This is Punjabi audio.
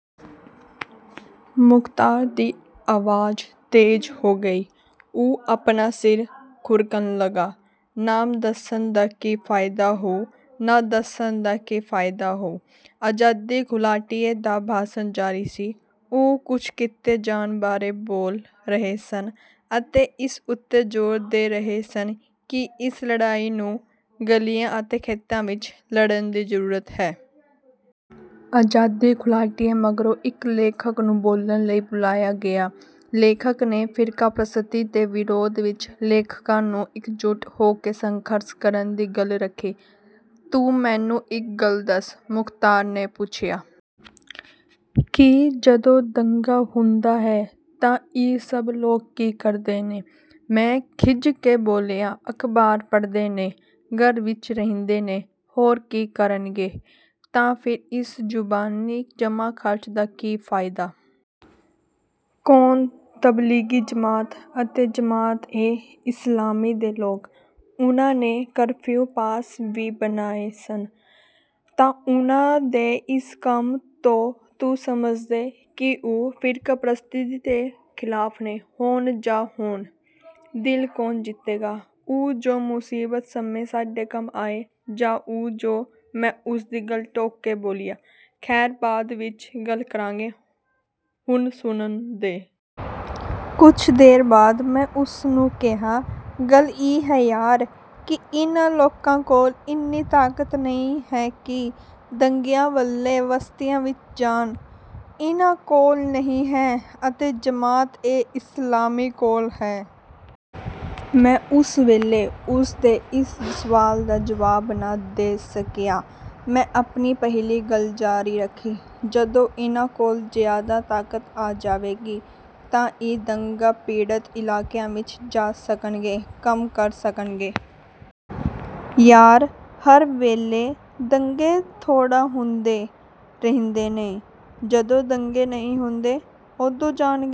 ਮੁਖ਼ਤਾਰ ਦੀ ਆਵਾਜ਼ ਤੇਜ਼ ਹੋ ਗਈ। ਉਹ ਆਪਣਾ ਸਿਰ ਖੁਰਕਣ ਲੱਗਾ, "ਨਾਮ ਦੱਸਣ ਦਾ ਕੀ ਫ਼ਾਇਦਾ ਹੋਊ?" "ਨਾ ਦੱਸਣ ਦਾ ਕੀ ਫ਼ਾਇਦਾ ਹੋਊ?" ਆਜ਼ਾਦੀ ਘੁਲਾਟੀਏ ਦਾ ਭਾਸ਼ਣ ਜਾਰੀ ਸੀ। ਉਹ ਕੁਝ ਕੀਤੇ ਜਾਣ ਬਾਰੇ ਬੋਲ ਰਹੇ ਸਨ ਅਤੇ ਇਸ ਉੱਤੇ ਜ਼ੋਰ ਦੇ ਰਹੇ ਸਨ ਕਿ ਇਸ ਲੜਾਈ ਨੂੰ ਗਲੀਆਂ ਅਤੇ ਖੇਤਾਂ ਵਿੱਚ ਲੜਨ ਦੀ ਜ਼ਰੂਰਤ ਹੈ। ਆਜ਼ਾਦੀ ਘੁਲਾਟੀਏ ਮਗਰੋਂ ਇੱਕ ਲੇਖਕ ਨੂੰ ਬੋਲਣ ਲਈ ਬੁਲਾਇਆ ਗਿਆ। ਲੇਖਕ ਨੇ ਫ਼ਿਰਕਾਪ੍ਰਸਤੀ ਦੇ ਵਿਰੋਧ ਵਿੱਚ ਲੇਖਕਾਂ ਨੂੰ ਇੱਕਜੁਟ ਹੋ ਕੇ ਸੰਘਰਸ਼ ਕਰਨ ਦੀ ਗੱਲ ਰੱਖੀ। "ਤੂੰ ਮੈਨੂੰ ਇੱਕ ਗੱਲ ਦੱਸ," ਮੁਖ਼ਤਾਰ ਨੇ ਪੁੱਛਿਆ। "ਕੀ?" "ਜਦੋਂ ਦੰਗਾ ਹੁੰਦਾ ਹੈ ਤਾਂ ਇਹ ਸਭ ਲੋਕ ਕੀ ਕਰਦੇ ਨੇ?" ਮੈਂ ਖਿੱਝ ਕੇ ਬੋਲਿਆ, "ਅਖ਼ਬਾਰ ਪੜ੍ਹਦੇ ਨੇ, ਘਰ ਵਿੱਚ ਰਹਿੰਦੇ ਨੇ, ਹੋਰ ਕੀ ਕਰਨਗੇ?" "ਤਾਂ ਫਿਰ ਇਸ ਜ਼ੁਬਾਨੀ ਜਮ੍ਹਾਂ-ਖ਼ਰਚ ਦਾ ਕੀ ਫ਼ਾਇਦਾ?" "ਕੌਣ?" "ਤਬਲੀਗੀ ਜਮਾਤ ਅਤੇ ਜਮਾਤ-ਏ-ਇਸਲਾਮੀ ਦੇ ਲੋਕ! ਉਹਨਾਂ ਨੇ ਕਰਫ਼ਿਊ ਪਾਸ ਵੀ ਬਣਵਾਏ ਸਨ।" "ਤਾਂ ਉਹਨਾਂ ਦੇ ਇਸ ਕੰਮ ਤੋਂ ਤੂੰ ਸਮਝਦੈਂ ਕਿ ਉਹ ਫ਼ਿਰਕਾਪ੍ਰਸਤੀ ਦੇ ਖ਼ਿਲਾਫ਼ ਨੇ?" "ਹੋਣ ਜਾਂ ਨਾ ਹੋਣ, ਦਿਲ ਕੌਣ ਜਿੱਤੇਗਾ—ਉਹ ਜੋ ਮੁਸੀਬਤ ਸਮੇਂ ਸਾਡੇ ਕੰਮ ਆਏ ਜਾਂ ਉਹ ਜੋ—" ਮੈਂ ਉਸ ਦੀ ਗੱਲ ਟੋਕ ਕੇ ਬੋਲਿਆ, "ਖ਼ੈਰ, ਬਾਅਦ ਵਿੱਚ ਗੱਲ ਕਰਾਂਗੇ, ਹੁਣ ਸੁਣਨ ਦੇ।" ਕੁਝ ਦੇਰ ਬਾਅਦ ਮੈਂ ਉਸ ਨੂੰ ਕਿਹਾ, "ਗੱਲ ਇਹ ਹੈ ਯਾਰ ਕਿ ਇਹਨਾਂ ਲੋਕਾਂ ਕੋਲ਼ ਇੰਨੀ ਤਾਕਤ ਨਹੀਂ ਹੈ ਕਿ ਦੰਗਿਆਂ ਵੇਲੇ ਬਸਤੀਆਂ ਵਿੱਚ ਜਾਣ।" "ਇਹਨਾਂ ਕੋਲ਼ ਨਹੀਂ ਹੈ ਅਤੇ ਜਮਾਤ-ਏ-ਇਸਲਾਮੀ ਕੋਲ਼ ਹੈ?" ਮੈਂ ਉਸ ਵੇਲੇ ਉਸ ਦੇ ਇਸ ਸਵਾਲ ਦਾ ਜਵਾਬ ਨਾ ਦੇ ਸਕਿਆ। ਮੈਂ ਆਪਣੀ ਪਹਿਲੀ ਗੱਲ ਜਾਰੀ ਰੱਖੀ, "ਜਦੋਂ ਇਹਨਾਂ ਕੋਲ਼ ਜ਼ਿਆਦਾ ਤਾਕਤ ਆ ਜਾਵੇਗੀ ਤਾਂ ਇਹ ਦੰਗਾ-ਪੀੜਤ ਇਲਾਕਿਆਂ ਵਿੱਚ ਜਾ ਸਕਣਗੇ, ਕੰਮ ਕਰ ਸਕਣਗੇ।" "ਯਾਰ, ਹਰ ਵੇਲੇ ਦੰਗੇ ਥੋੜ੍ਹਾ ਹੁੰਦੇ ਰਹਿੰਦੇ ਨੇ! ਜਦੋਂ ਦੰਗੇ ਨਹੀਂ ਹੁੰਦੇ, ਉਦੋਂ ਜਾਣਗੇ।"